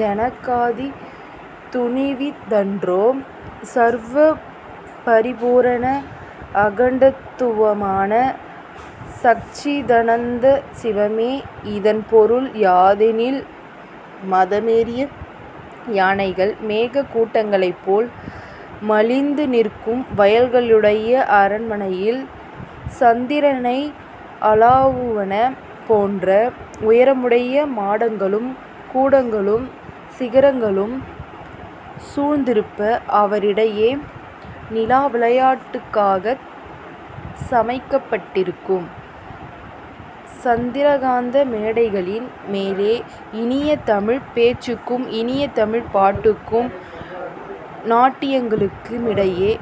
ஜனகாதி துணிவி தன்றோ? சர்வபரிபூரண அகண்டதத்துவமான சச்சிதானந்த சிவமே'' இதன் பொருள் யாதெனில் 'மதமேறிய யானைகள் மேகக் கூட்டங்களைப் போல் மலிந்து நிற்கும் வயல்களையுடைய அரண்மனையில், சந்திரனை அளாவுவன போன்ற உயரமுடைய மாடங்களும் கூடங்களும் சிகரங்களும் சூழ்ந்திருப்ப, அவற்றிடையே நிலா விளையாட்டுக்காகச் சமைக்கப்பட்டிருக்கும் சந்திரகாந்த மேடைகளின் மேலே இனிய தமிழ்ப் பேச்சுக்கும் இனிய தமிழ் பாட்டுக்கும் நாட்டியங்களுக்கு மிடையே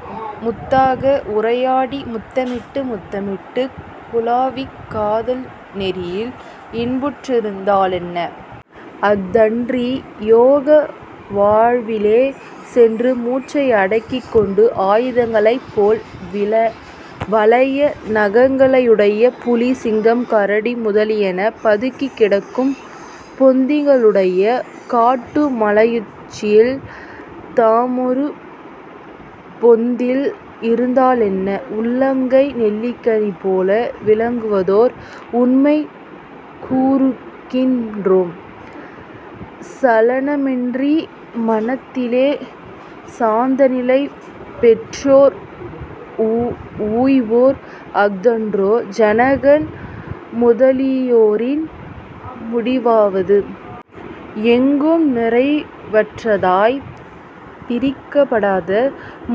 முத்தாக உரையாடி முத்தமிட்டு முத்தமிட்டுக் குலாவிக் காதல் நெறியில் இன்புற்றிருந்தாலென்ன? அஃதன்றி, யோக வாழ்விலே சென்று மூச்சை அடக்கிக் கொண்டு ஆயுதங்களைப் போல் வலிய நகங்களையுடைய புலி, சிங்கம், கரடி முதலியன பதுங்கிக் கிடக்கும் பொந்துகளுடைய காட்டுமலையுச்சியில் தாமொரு பொந்தில் இருந்தாலென்ன? உள்ளங்கை நெல்லிக்கனி போல விளங்குவதோர் உண்மை கூறுகின்றோம். 'சலனமின்றி மனத்திலே சாந்தநிலை பெற்றோர் உய்வார்' இஃதன்றோ ஜனகன் முதலியோரின் முடிவாவது? எங்கும் நிறைவற்றதாய்ப் பிரிக்கப்படாத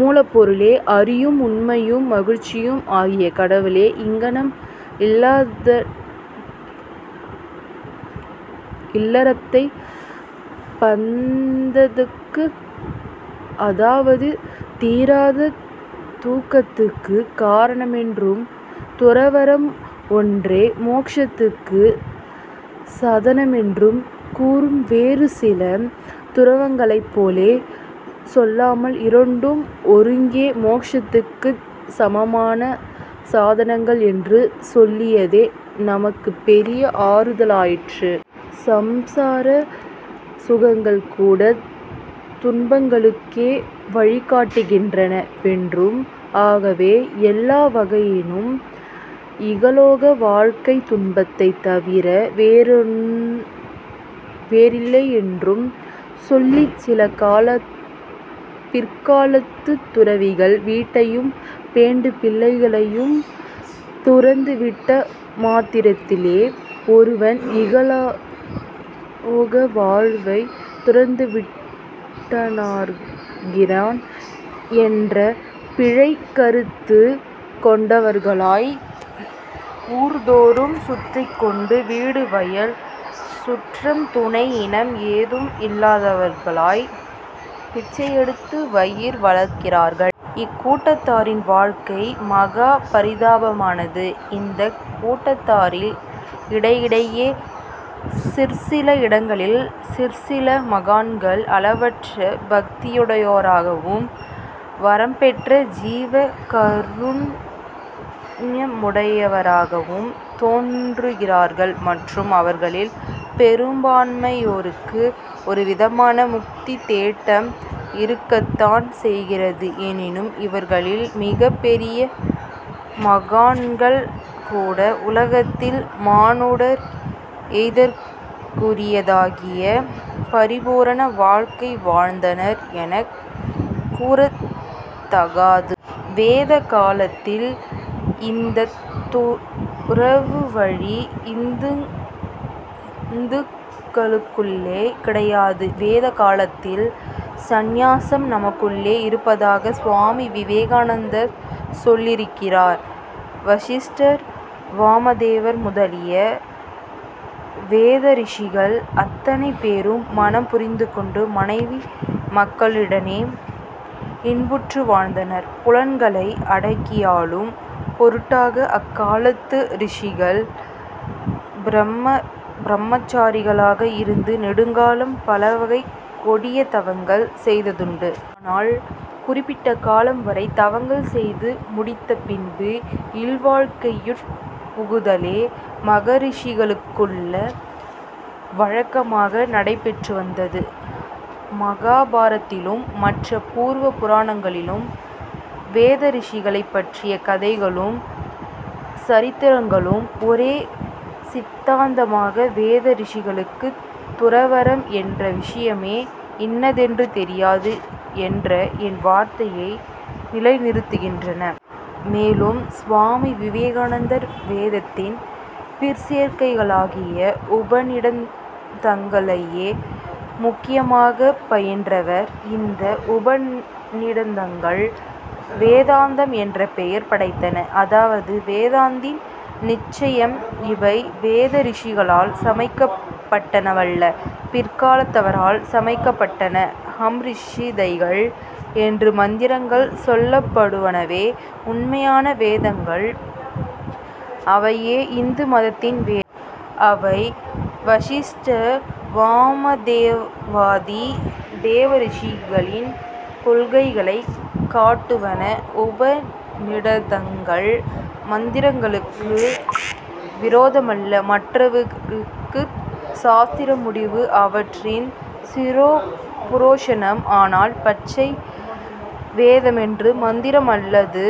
மூலப்பொருளே! அறிவும், உண்மையும், மகிழ்ச்சியும் ஆகிய கடவுளே? ' இங்ஙனம், இல்லறத்தைப் பந்தத்துக்கு அதாவது, தீராத துக்கத்துக்குக் காரணமென்றும், துறவறம் ஒன்றே மோக்ஷத்துக்குச் சாதனமென்றும், கூறும் வேறு சில துறவிகளைப்போலே சொல்லாமல், இரண்டும் ஒருங்கே மோக்ஷத்துக்குச் சமமான சாதனங்கள் என்று சொல்லியதே நமக்குப் பெரிய ஆறுதலாயிற்று. சம்சார சுகங்கள் கூடத் துன்பங்களுக்கே வழிகாட்டுகின்றன வென்றும், ஆகவே எல்லா வகையினும் இகலோக வாழ்க்கை துன்பத்தைத் தவிர வேறில்லையென்றும் சொல்லிச் சில பிற்காலத்துத் துறவிகள், 'வீட்டையும் பெண்டு பிள்ளைகளையும் துறந்து விட்ட மாத்திரத்திலேயே ஒருவன் இகலோக வாழ்வைத் துறந்துவிட்டானாகிறான்' என்ற பிழைக் கருத்து கொண்டவர்களாய், ஊர்தோறும் சுற்றிக்கொண்டு, வீடு, வாயில் சுற்றம் துணை இனம் ஏதும் இல்லாதவர்களாய், பிச்சையெடுத்து வயிறு வளர்க்கிறார்கள். இக் கூட்டத்தாரின் வாழ்க்கை மகா பரிதாபமானது. இந்தக் கூட்டத்தாரில் இடையிடையே சிற்சில இடங்களில் சிற்சில மகான்கள் அளவற்ற பக்தியுடையோராகவும், வரம்பற்ற ஜீவ காருண்யமுடையோராகவும் தோன்றுகிறார்கள். மற்றும் அவர்களில் பெரும்பான்மையோருக்கு ஒரு விதமான முக்தித் தேட்டம் இருக்கத்தான் செய்கிறது. எனினும், இவர்களில் மிகப் பெரிய மகான்கள் கூட, உலகத்தில் மானுடர் எய்தற்குரியதாகிய பரிபூரண வாழ்க்கை வாழ்ந்தனர் எனக் கூறத் தகாது. வேதகாலத்தில் இந்தத் துறவு வழி இந்துக்களுக்குள்ளே கிடையாது. வேத காலத்தில், சந்நியாசம் நமக்குள்ளே இருப்பதாக சுவாமி விவேகானந்தர் சொல்லியிருக்கிறார். வசிஷ்டர், வாமதேவர் முதலிய வேதரிஷிகள் அத்ததை பேரும் மணம் புரிந்துகொண்டு, மனைவி மக்களுடனேயே இன்புற்று வாழ்ந்தனர். புலன்களை அடக்கியாளும் பொருட்டாக, அக்காலத்து ரிஷிகள் பிரம்மசாரிகளாக இருந்து நெடுங்காலம் பலவகைக் கொடிய தவங்கள் செய்ததுண்டு. ஆனால், குறிப்பிட்ட காலம் வரை தவங்கள் செய்து முடித்துப் பின்பு இல்வாழ்க்கையுட் புகுதலே மகரிஷிகளுக்குள்ள வழக்கமாக நடைபெற்றுவந்தது. மகாபாரதத்திலும் மற்றப் பூர்வ பூராணங்களிலும் வேதரிஷிகளைப் பற்றிய கதைகளும் சரித்திரங்களும் ஒரே சித்தாந்தமாக வேத ரிஷிகளுக்குத் துறவறம் என்ற விஷயமே இன்னதென்று தெரியாது என்ற என் வார்த்தையை நிலைநிறுத்துகின்றன. மேலும் சுவாமி விவேகானந்தர் வேதத்தின் பிற்சேர்க்கைகளாகிய உபநிடதங்களையே முக்கியமாகப் பயின்றவர். இந்த உபநிடதங்கள் வேதாந்தம் என்ற பெயர் படைத்தன. அதாவது வேதத்தின் நிச்சயம் இவை வேத ரிஷிகளால் சமைப்பட்டனவல்ல. பிற்காலத்தவரால் சமைப்பட்டன. ஸம்ஹிதைகள் என்று மந்திரங்கள் சொல்லப்படுவனவே உண்மையான வேதங்கள். அவையே இந்து மதத்தின் வேர். அவை வசிஷ்ட வாமதேவாதி தேவ ரிஷிகளின் கொள்கைகளைக் காட்டுவன. உபநிடதங்கள் மந்திரங்களுக்கு விரோதமல்ல. அவற்றுக்குச் சாஸ்திர முடிவு. அவற்றின் சிரோபூஷணம். ஆனால், பச்சை வேதமென்று மந்திரம் அல்லது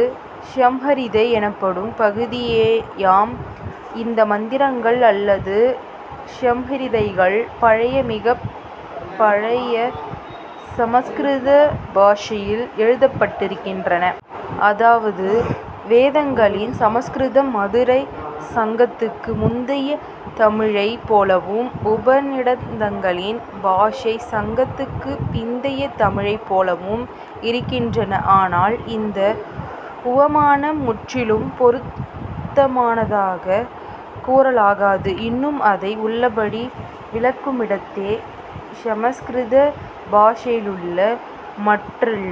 ஸம்ஹிதை எனப்படும் பகுதியேயாம். இந்த மந்திரங்கள் அல்லது ஸம்ஹிதைகள் பழைய மிகப் பழைய சமஸ்கிருத பாஷையில் எழுதப்பட்டிருக்கின்றன. அதாவது, வேதங்களின் சமஸ்கிருதம் மதுரைச் சங்கத்துக்கு முந்திய தமிழைப் போலவும் உபநிடதங்களின் பாஷை சங்கத்துக்குப் பிந்திய தமிழைப் போலவும் இருக்கின்றன. ஆனால், இந்த உவமானம் முற்றிலும் பொருத்தமானதாகக் கூறலாகாது. இன்னும் அதை உள்ளபடி விளக்குமிடத்தே. ஸம்ஸ்கிருத பாஷையிலுள்ள மற்றெல்லா